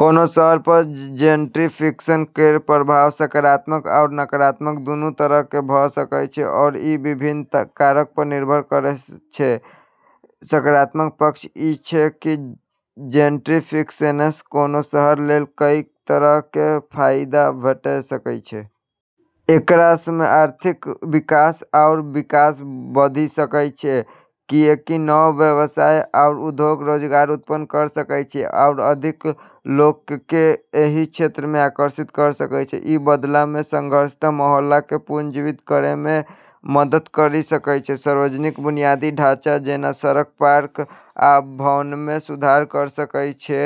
कोनो शहर पर जेंट्रिफिकेशन केर प्रभाव सकारात्मक आओर नकारात्मक दुन्नु तरहके भ' सकै छै आओर ई विभिन्न कारक पर निर्भर करै छै। सकारात्मक पक्ष ई छै कि जेंट्रीफिकेशनसँ कोनो शहर लेल कएक तरहक फाइदा भेट सकैत छै। एकरासँ आर्थिक विकास आओर विकास बढ़ि सकैत छै, किएकि नव व्यवसाय आओर उद्योग रोजगार उत्पन्न करि सकैत छै आओर अधिक लोकके एहि क्षेत्रमे आकर्षित करि सकैत छै। ई बदलामे संघर्षरत मोहल्लाके पुनर्जीवित करैमे मदति करि सकय छै, सार्वजनिक बुनियादी ढाँचा, जेना सड़क, पार्क, आ भवनमे सुधार करि सकै छै,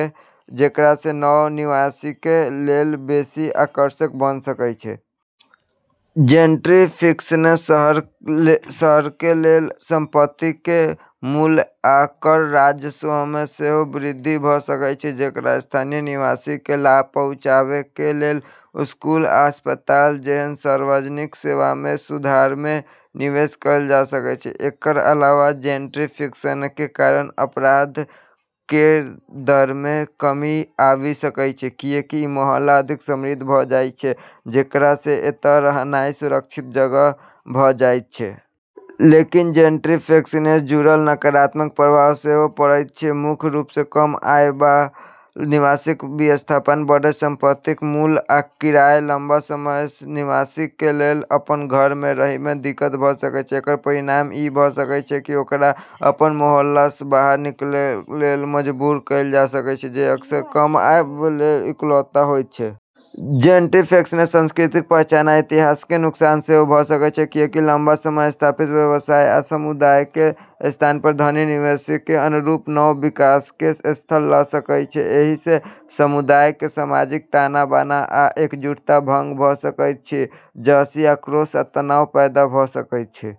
जेकरासँ नव निवासीके लेल बेशी आकर्षक बना सकै छै । जेंट्रिफिकेशनसँ शहरके लेल संपत्तिके मूल्य आ कर राजस्वमे सेहो वृद्धि भ' सकै छै, जेकरा स्थानीय निवासीके लाभ पहुँचाबैके लेल स्कूल आ अस्पताल जेहन सार्वजनिक सेवामे सुधारमे निवेश कैल जा सकै छै । एकर अलावा जेंट्रिफिकेशनके कारण अपराध केर दरमे कमी आबि सकै छै, किएकि ई मोहल्ला अधिक समृद्ध भ' जाइ छै, जेकरासँ एतऽ रहनाइ सुरक्षित जगह भ' जाइत छै। लेकिन जेंट्रिफिकेशनसँ जुड़ल नकारात्मक प्रभाव सेहो पड़ैत अछि, मुख्य रूपसँ कम आयबला निवासीके विस्थापन । बढ़ैत संपत्तिके मूल्य आ किरायामे लंबा समयसँ निवासीके लेल अपन घरमे रहयमे दिक्कत भ' सकैत अछि । एकर परिणाम ई भ' सकै छै कि ओकरा अपन मोहल्लासँ बाहर निकलैके लेल मजबूर कैल जा सकै छै, जे अक्सर कम आयबला इलाकामे होइत छै । जेंट्रिफिकेशनसँ सांस्कृतिक पहचान आ इतिहासके नुकसान सेहो भ' सकै छै, किएकि लम्बा समयसँ स्थापित व्यवसाय आ समुदायके स्थान पर धनी निवासीके अनुरूप नव विकासके स्थान ल' सकै सकय छै । एहिसँ समुदायके सामाजिक ताना-बाना आ एकजुटता भंग भ' सकैत अछि, जाहिसँ आक्रोश आ तनाव पैदा भ' सकैत अछि।